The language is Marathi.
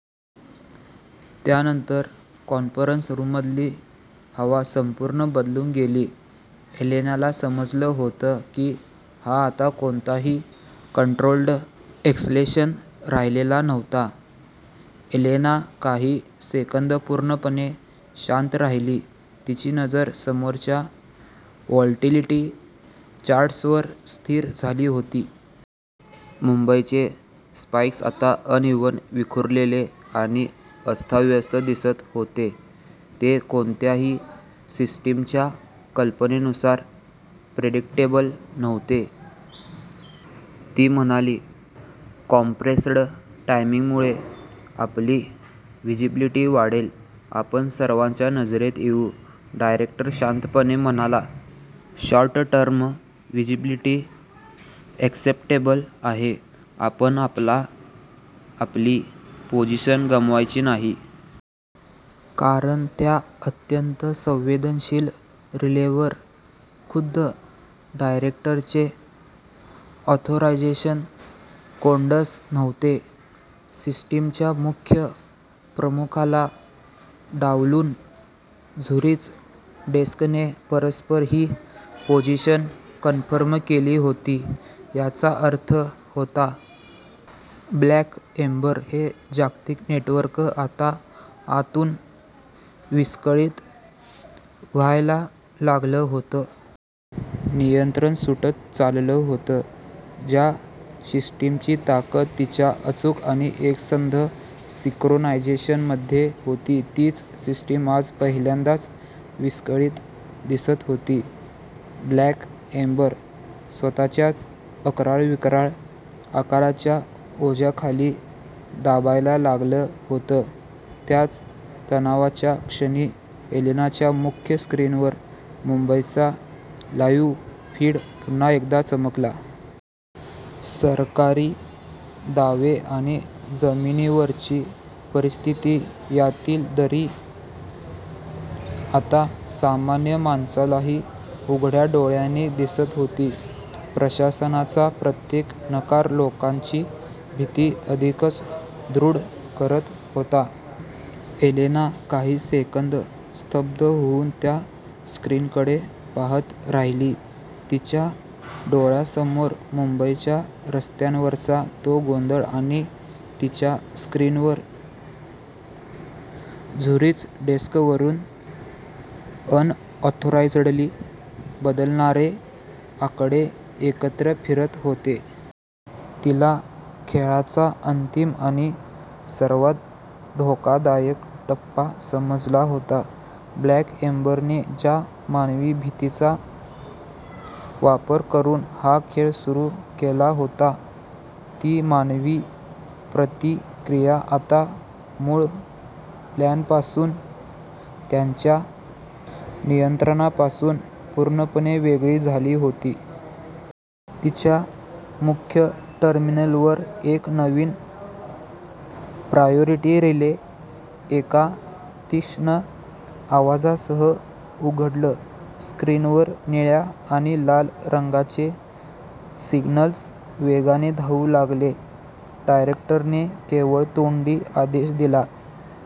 त्या नंतर कॉन्फरन्स रूममधली हवा संपूर्ण बदलून गेली. एलेनाला समजलं होतं कि हा आता कोणताही कंट्रोल्ड एस्केलेशन राहिलेला नव्हता. एलेना काही सेकंद पूर्णपणे शांत राहिली. तिची नजर समोरच्या व्होलॅटिलिटी चार्ट्सवर स्थिर झाली होती. मुंबईचे स्पाईक्स आता अनइव्हन, विखुरलेले आणि अस्ताव्यस्त दिसत होते. ते कोणत्याही सिस्टीमच्या कल्पनेनुसार प्रेडिक्टेबल नव्हते. ती म्हणाली, कॉम्प्रेस्ड टायमिंगमुळे आपली व्हिजिबिलिटी वाढेल. आपण सर्वांच्या नजरेत येऊ. डायरेक्टर शांतपणे म्हणाला, "शॉर्ट-टर्म व्हिजिबिलिटी एक्सेप्टेबल आहे, पण आपल्याला आपली पोझिशन गमवायची नाही." कारण त्या अत्यंत संवेदनशील रिलेवर खुद्द डायरेक्टरचे ऑथरायझेशन कोड्स नव्हते. सिस्टीमच्या मुख्य प्रमुखाला डावलून झुरिच डेस्कने परस्पर ही पोझिशन कन्फर्म केली होती. याचा अर्थ होता 'ब्लॅक एम्बर' हे जागतिक नेटवर्क आता आतून विस्कळीत व्हायला लागलं होतं. नियंत्रण सुटत चाललं होतं. ज्या सिस्टीमची ताकद तिच्या अचूक आणि एकसंध सिंक्रोनायझेशनमध्ये होती, तीच सिस्टीम आज पहिल्यांदाच विस्कळीत दिसत होती. 'ब्लॅक एम्बर' स्वतःच्याच अक्राळविक्राळ आकाराच्या ओझ्याखाली दबायला लागलं होतं. त्याच तणावाच्या क्षणी, एलेनाच्या मुख्य स्क्रीनवर मुंबईचा लाईव्ह फीड पुन्हा एकदा चमकला. सरकारी दावे आणि जमिनीवरची परिस्थिती यातली दरी आता सामान्य माणसालाही उघड्या डोळ्यांनी दिसत होती. प्रशासनाचा प्रत्येक नकार लोकांची भीती अधिकच दृढ करत होता. एलेना काही सेकंद स्तब्ध होऊन त्या स्क्रीनकडे पाहत राहिली. तिच्या डोळ्यांसमोर मुंबईच्या रस्त्यांवरचा तो गोंधळ आणि तिच्या स्क्रीनवर झुरिच डेस्कवरून अनऑथराईज्डली बदलणारे आकडे एकत्र फिरत होते. तिला खेळाचा अंतिम आणि सर्वात धोकादायक टप्पा समजला होता. 'ब्लॅक एम्बर'ने ज्या मानवी भीतीचा वापर करून हा खेळ सुरू केला होता, ती मानवी प्रतिक्रिया आता मूळ प्लॅनपासून, त्यांच्या नियंत्रणापासून पूर्णपणे वेगळी झाली होती. तिच्या मुख्य टर्मिनलवर एक नवीन प्रायोरिटी रिले एका तीक्ष्ण आवाजासह उघडलं. स्क्रीनवर निळ्या आणि लाल रंगाचे सिग्नल्स वेगाने धावू लागले. डायरेक्टरने केवळ तोंडी आदेश दिला